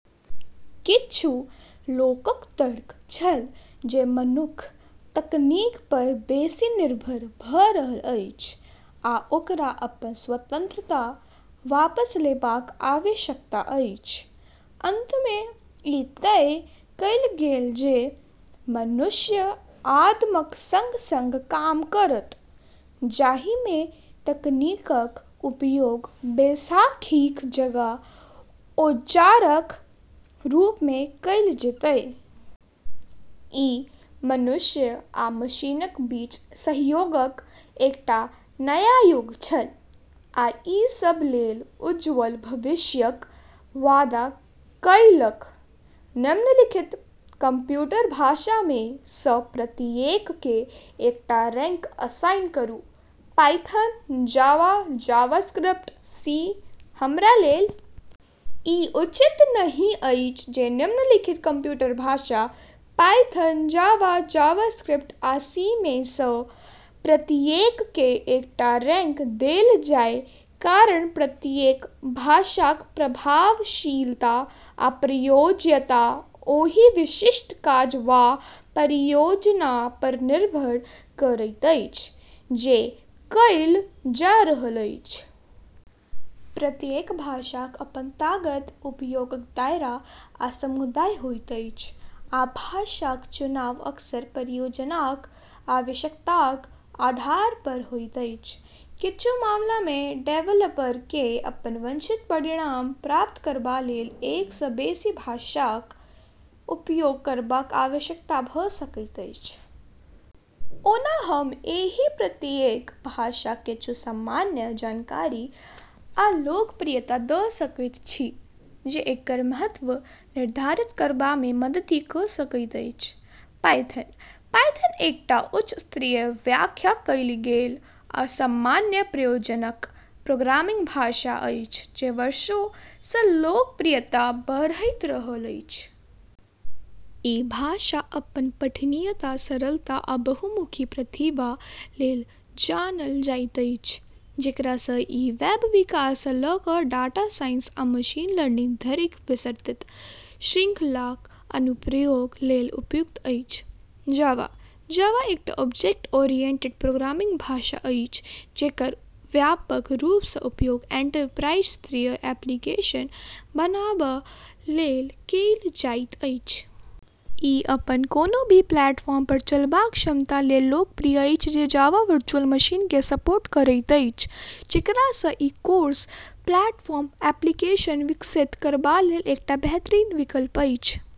किछु लोकक तर्क छल जे मनुख तकनीक पर बेसी निर्भर भ’ रहल अछि, आ ओकरा अपन स्वतंत्रता वापस लेबाक आवश्यकता अछि। अंतमे ई तय कएल गेल जे मनुष्य आदमक संग-संग काम करत, जाहिमे तकनीकक उपयोग बैसाखीक जगह औजारक रूपमे कएल जेतै। ई मनुष्य आ मशीनक बीच सहयोगक एकटा नया युग छल, आ ई सभ लेल उज्ज्वल भविष्यक वादा कएलक। निम्नलिखित कंप्यूटर भाषामे सँ प्रत्येककेँ एकटा रैंक असाइन करू: पायथन, जावा, जावास्क्रिप्ट, सी। हमरा लेल ई उचित नहि अछि जे निम्नलिखित कंप्यूटर भाषा - पायथन, जावा, जावास्क्रिप्ट, आ सी - मे सँ प्रत्येककेँ एकटा रैंक देल जाय कारण प्रत्येक भाषाक प्रभावशीलता आ प्रयोज्यता ओहि विशिष्ट काज वा परियोजना पर निर्भर करैत अछि जे कएल जा रहल अछि। प्रत्येक भाषाक अपन ताकत, उपयोगक दायरा, आ समुदाय होइत अछि, आ भाषाक चुनाव अक्सर परियोजनाक आवश्यकताक आधार पर होइत अछि। किछु मामलामे डेवलपरकेँ अपन वांछित परिणाम प्राप्त करबा लेल एक सँ बेसी भाषाक उपयोग करबाक आवश्यकता भ’ सकैत अछि। ओना हम एहि प्रत्येक भाषाक किछु सामान्य जानकारी आ लोकप्रियता द’ सकैत छी, जे एकर महत्व निर्धारित करबामे मदति क’ सकैत अछि। पायथन: पायथन एकटा उच्च स्तरीय, व्याख्या कएल गेल आ सामान्य प्रयोजनक प्रोग्रामिंग भाषा अछि जे वर्षों सँ लोकप्रियता बढ़ैत रहल अछि। ई भाषा अपन पठनीयता, सरलता, आ बहुमुखी प्रतिभा लेल जानल जाइत अछि, जेकरा सँ ई वेब विकास सँ ल’ क’ डाटा साइंस आ मशीन लर्निंग धरिक विस्तृत श्रृंखलाक अनुप्रयोग लेल उपयुक्त अछि। जावा: जावा एकटा ऑब्जेक्ट-ओरिएंटेड प्रोग्रामिंग भाषा अछि जेकर व्यापक रूप सँ उपयोग एंटरप्राइज-स्तरीय एप्लीकेशन बनाबा लेल कएल जाइत अछि। ई अपन कोनो भी प्लेटफॉर्म पर चलबाक क्षमता लेल लोकप्रिय अछि जे जावा वर्चुअल मशीनकेँ सपोर्ट करैत अछि, जेकरा सँ ई क्रॉस-प्लेटफॉर्म एप्लीकेशन विकसित करबा लेल एकटा बेहतरीन विकल्प अछि।